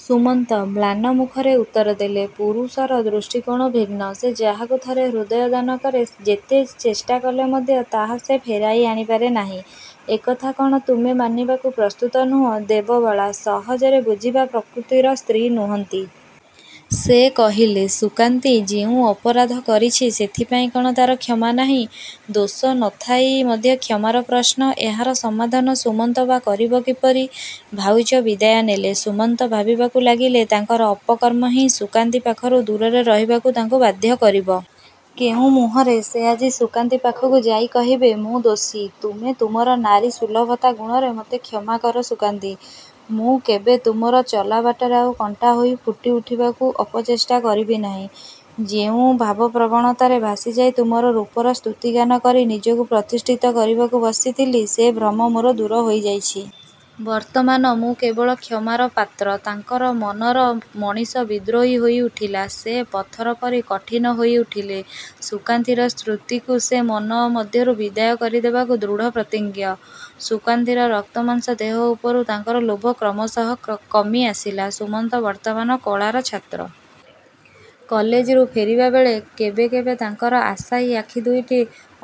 '' ସୁମନ୍ତ ମ୍ଳାନ ମୁଖରେ ଉତ୍ତରଦେଲେ, ''ପୁରୁଷର ଦୃଷ୍ଟିକୋଣ ଭିନ୍ନ। ସେ ଯାହାକୁ ଥରେ ହୃଦୟ ଦାନ କରେ। ଯେତେ ଚେଷ୍ଟାକଲେ ମଧ୍ୟ ତାହା ସେ ଫେରାଇ ଆଣିପାରେ ନାହିଁ। ଏ କଥା କ'ଣ ତୁମେ ମାନିବାକୁ ପ୍ରସ୍ତୁତ ନୁହଁ? '' ଦେବବାଳା ସହଜରେ ବୁଝିବା ପ୍ରକୃତିର ସ୍ତ୍ରୀ ନୁହଁନ୍ତି। ସେ କହିଲେ, ''ସୁକାନ୍ତୀ ଯେଉଁ ଅପରାଧ କରିଛି ସେଥିପାଇଁ କ'ଣ ତା'ର କ୍ଷମା ନାହିଁ? '' ଦୋଷ ନ ଥାଇ ମଧ୍ୟ କ୍ଷମାର ପ୍ରଶ୍ନ? ଏହାର ସମାଧାନ ସୁମନ୍ତ ବା କରିବ କିପରି? ଭାଉଜ ବିଦାୟ ନେଲେ। ସୁମନ୍ତ ଭାବିବାକୁ ଲାଗିଲେ ତାଙ୍କର ଅପକର୍ମ ହିଁ ସୁକାନ୍ତୀ ପାଖରୁ ଦୂରରେରହିବାକୁ ତାଙ୍କୁ ବାଧ୍ୟ କରିବ। କେଉଁ ମୁହଁରେ ସେ ଆଜି ସୁକାନ୍ତୀ ପାଖକୁ ଯାଇ କହିବେ, ''ମୁଁ ଦୋଷୀ। ତୁମେ ତୁମର ନାରୀ ସୁଲଭତା ଗୁଣରେ ମୋତେ କ୍ଷମାକର ସୁକାନ୍ତୀ। ମୁଁ କେବେ ତୁମର ଚଲାବାଟରେ ଆଉ କଣ୍ଟାହୋଇ ଫୁଟିଉଠିବାକୁ ଅପଚେଷ୍ଟା କରିବି ନାହିଁ। ଯେଉଁ ଭାବପ୍ରବଣତାରେ ଭାସିଯାଇ ତୁମର ରୂପର ସ୍ତୁତିଗାନ କରି ନିଜକୁ ପ୍ରତିଷ୍ଠିତ କରିବାକୁ ବସିଥିଲି, ସେ ଭ୍ରମ ମୋର ଦୂର ହୋଇଯାଇଛି। ବର୍ତ୍ତମାନ ମୁଁ କେବଳ କ୍ଷମାର ପାତ୍ର। '' ତାଙ୍କର ମନର ମଣିଷ ବିଦ୍ରୋହୀ ହୋଇଉଠିଲା। ସେ ପଥର ପରି କଠିନ ହୋଇଉଠିଲେ। ସୁକାନ୍ତୀର ସ୍ମୃତିକୁ ସେ ମନ ମଧ୍ୟରୁ ବିଦାୟ କରିଦେବାକୁ ଦୃଢ଼ପ୍ରତିଜ୍ଞ। ସୁକାନ୍ତୀର ରକ୍ତମାଂସ ଦେହ ଉପରୁ ତାଙ୍କର ଲୋଭ କ୍ରମଶଃ କମିଆସିଲା। ସୁମନ୍ତ ବର୍ତ୍ତମାନ କଳାର ଛାତ୍ର। କଲେଜରୁ ଫେରିବାବେଳେ କେବେକେବେ ତାଙ୍କର ଆଶାୟୀ ଆଖି ଦୁଇଟି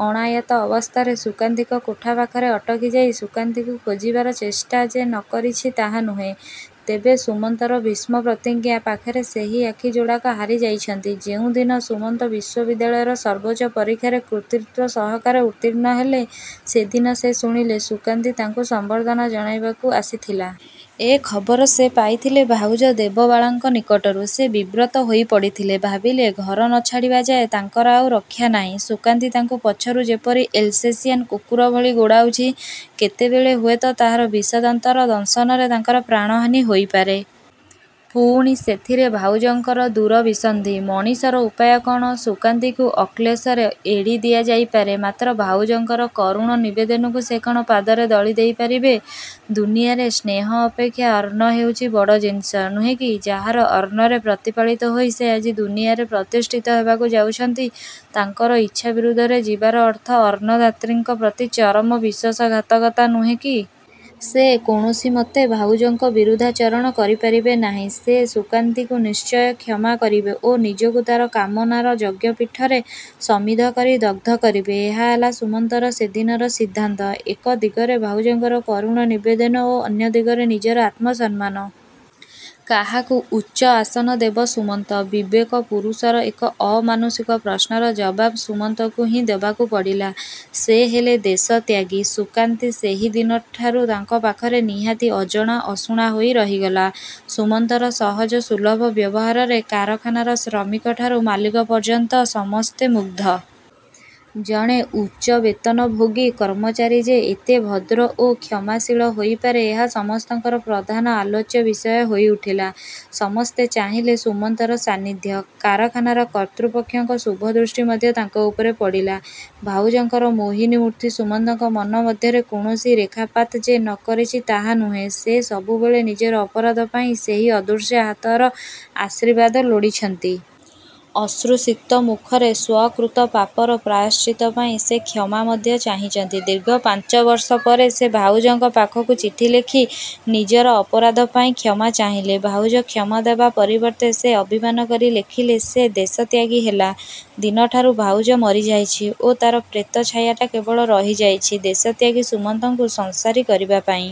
ଅଣାୟତ୍ତ ଅବସ୍ଥାରେ ସୁକାନ୍ତୀଙ୍କ କୋଠା ପାଖରେ ଅଟକି ଯାଇ ସୁକାନ୍ତୀକୁ ଖୋଜିବାର ଚେଷ୍ଟା ଯେ ନ କରିଛି ତାହା ନୁହେଁ, ତେବେ ସୁମନ୍ତର ଭୀଷ୍ମ ପ୍ରତିଜ୍ଞା ପାଖରେ ସେହି ଆଖି ଯୋଡ଼ାକ ହାରି ଯାଇଛନ୍ତି। ଯେଉଁ ଦିନ ସୁମନ୍ତ ବିଶ୍ୱବିଦ୍ୟାଳୟର ସର୍ବୋଚ୍ଚ ପରୀକ୍ଷାରେ କୃତିତ୍ଵ ସହକାରେ ଉତ୍ତୀର୍ଣ୍ଣ ହେଲେ, ସେଦିନ ସେ ଶୁଣିଲେ ସୁକାନ୍ତୀ ତାଙ୍କୁ ସମ୍ବର୍ଦ୍ଧନା ଜଣାଇବାକୁ ଆସିଥିଲା। ଏ ଖବର ସେ ପାଇଥିଲେ ଭାଉଜ ଦେବବାଳାଙ୍କ ନିକଟରୁ। ସେ ବିବ୍ରତ ହୋଇପଡ଼ିଥିଲେ। ଭାବିଲେ ଘର ନ ଛାଡ଼ିବା ଯାଏ ତାଙ୍କର ଆଉ ରକ୍ଷାନାହିଁ। ସୁକାନ୍ତୀ ତାଙ୍କୁ ପଛରୁ ଯେପରି ଏଲସେସିଆନ୍ କୁକୁର ଭଳି ଗୋଡ଼ାଉଛି କେତେବେଳେ ହୁଏତ ତାହାର ବିଷଦାନ୍ତର ଦଂଶନରେ ତାଙ୍କର ପ୍ରାଣହାନୀ ହୋଇପାରେ। ପୁଣି ସେଥିରେ ଭାଉଜଙ୍କର ଦୁରଭିସନ୍ଧି! ମଣିଷର ଉପାୟ କ'ଣ? ସୁକାନ୍ତୀକୁ ଅକ୍ଳେଶରେ ଏଡ଼ିଦିଆଯାଇପାରେ; ମାତ୍ର ଭାଉଜଙ୍କର କରୁଣ ନିବେଦନକୁ ସେ କ'ଣ ପାଦରେ ଦଳିଦେଇ ପାରିବେ? ଦୁନିଆରେ ସ୍ନେହ ଅପେକ୍ଷା ଅନ୍ନ ହେଉଛି ବଡ଼ ଜିନିଷ ନୁହେଁ କି? ଯାହାର ଅନ୍ନରେ ପ୍ରତିପାଳିତ ହୋଇ ସେ ଆଜି ଦୁନିଆରେ ପ୍ରତିଷ୍ଠିତ ହେବାକୁ ଯାଉଛନ୍ତି ତାଙ୍କର ଇଚ୍ଛା ବିରୁଦ୍ଧରେ ଯିବାର ଅର୍ଥ ଅନ୍ନଦାତ୍ରୀଙ୍କପ୍ରତି ଚରମ ବିଶ୍ୱାସଘାତକତା ନୁହେଁ କି? ସେ କୌଣସିମତେ ଭାଉଜଙ୍କ ବିରୁଦ୍ଧାଚରଣ କରିପାରିବେ ନାହିଁ। ସେ ସୁକାନ୍ତୀକୁ ନିଶ୍ଚୟ କ୍ଷମା କରିବେ ଓ ନିଜକୁ ତା'ର କାମନାର ଯଜ୍ଞପୀଠରେ ସମିଧ କରି ଦଗ୍ଧ କରିବେ। ଏହା ହେଲା ସୁମନ୍ତର ସେଦିନର ସିଦ୍ଧାନ୍ତ। ଏକ ଦିଗରେ ଭାଉଜଙ୍କର କରୁଣ ନିବେଦନ ଓ ଅନ୍ୟ ଦିଗରେ ନିଜର ଆତ୍ମସମ୍ମାନ। କାହାକୁ ଉଚ୍ଚଆସନ ଦେବ ସୁମନ୍ତ? ବିବେକ ପୁରୁଷର ଏ ଅମାନୁଷିକ ପ୍ରଶ୍ନର ଜବାବ୍ ସୁମନ୍ତଙ୍କୁ ହିଁ ଦେବାକୁ ପଡ଼ିଲା। ସେ ହେଲେ ଦେଶତ୍ୟାଗୀ। ସୁକାନ୍ତୀ ସେହିଦିନଠାରୁ ତାଙ୍କ ପାଖରେ ନିହାତି ଅଜଣା, ଅଶୁଣା ହୋଇ ରହିଗଲା। ସୁମନ୍ତର ସହଜସୁଲଭ ବ୍ୟବହାରରେ କାରଖାନାର ଶ୍ରମିକଠାରୁ ମାଲିକ ପର୍ଯ୍ୟନ୍ତ ସମସ୍ତେ ମୁଗ୍ଧ। ଜଣେ ଉଚ୍ଚ ବେତନଭୋଗୀ କର୍ମଚାରୀ ଯେ ଏତେ ଭଦ୍ର ଓ କ୍ଷମାଶୀଳ ହୋଇପାରେ ଏହା ସମସ୍ତଙ୍କର ପ୍ରଧାନ ଆଲୋଚ୍ୟ ବିଷୟ ହୋଇଉଠିଲା। ସମସ୍ତେ ଚାହିଁଲେ ସୁମନ୍ତର ସାନିଧ୍ୟ। କାରଖାନାର କର୍ତ୍ତୃପକ୍ଷଙ୍କ ଶୁଭଦୃଷ୍ଟି ମଧ୍ୟ ତାଙ୍କ ଉପରେ ପଡ଼ିଲା। ଭାଉଜଙ୍କର ମୋହିନୀ ମୂର୍ତ୍ତି ସୁମନ୍ତଙ୍କ ମନ ମଧ୍ୟରେ କୌଣସି ରେଖାପାତ ଯେ ନ କରିଛି ତାହା ନୁହେଁ, ସେ ସବୁବେଳେ ନିଜର ଅପରାଧ ପାଇଁ ସେହି ଅଦୃଶ୍ୟ ହାତର ଆଶୀର୍ବାଦ ଲୋଡ଼ିଛନ୍ତି। ଅଶ୍ରୁସିକ୍ତ ମୁଖରେ ସ୍ୱକୃତ ପାପର ପ୍ରାୟଶ୍ଚିତ୍ତ ପାଇଁ ସେ କ୍ଷମା ମଧ୍ୟ ଚାହିଁଛନ୍ତି। ଦୀର୍ଘ ପାଞ୍ଚବର୍ଷ ପରେ ସେ ଭାଉଜଙ୍କ ପାଖକୁ ଚିଠି ଲେଖି ନିଜର ଅପରାଧ ପାଇଁ କ୍ଷମା ଚାହିଁଲେ। ଭାଉଜ କ୍ଷମାଦେବା ପରିବର୍ତ୍ତେ ସେ ଅଭିମାନ କରି ଲେଖିଲେ, 'ସେ ଦେଶତ୍ୟାଗୀ ହେଲା ଦିନଠାରୁ ଭାଉଜ ମରିଯାଇଛି ଓ ତା'ର ପ୍ରେତ ଛାୟାଟା କେବଳ ରହିଯାଇଛି ଦେଶତ୍ୟାଗୀ ସୁମନ୍ତଙ୍କୁ ସଂସାରୀ କରିବା ପାଇଁ।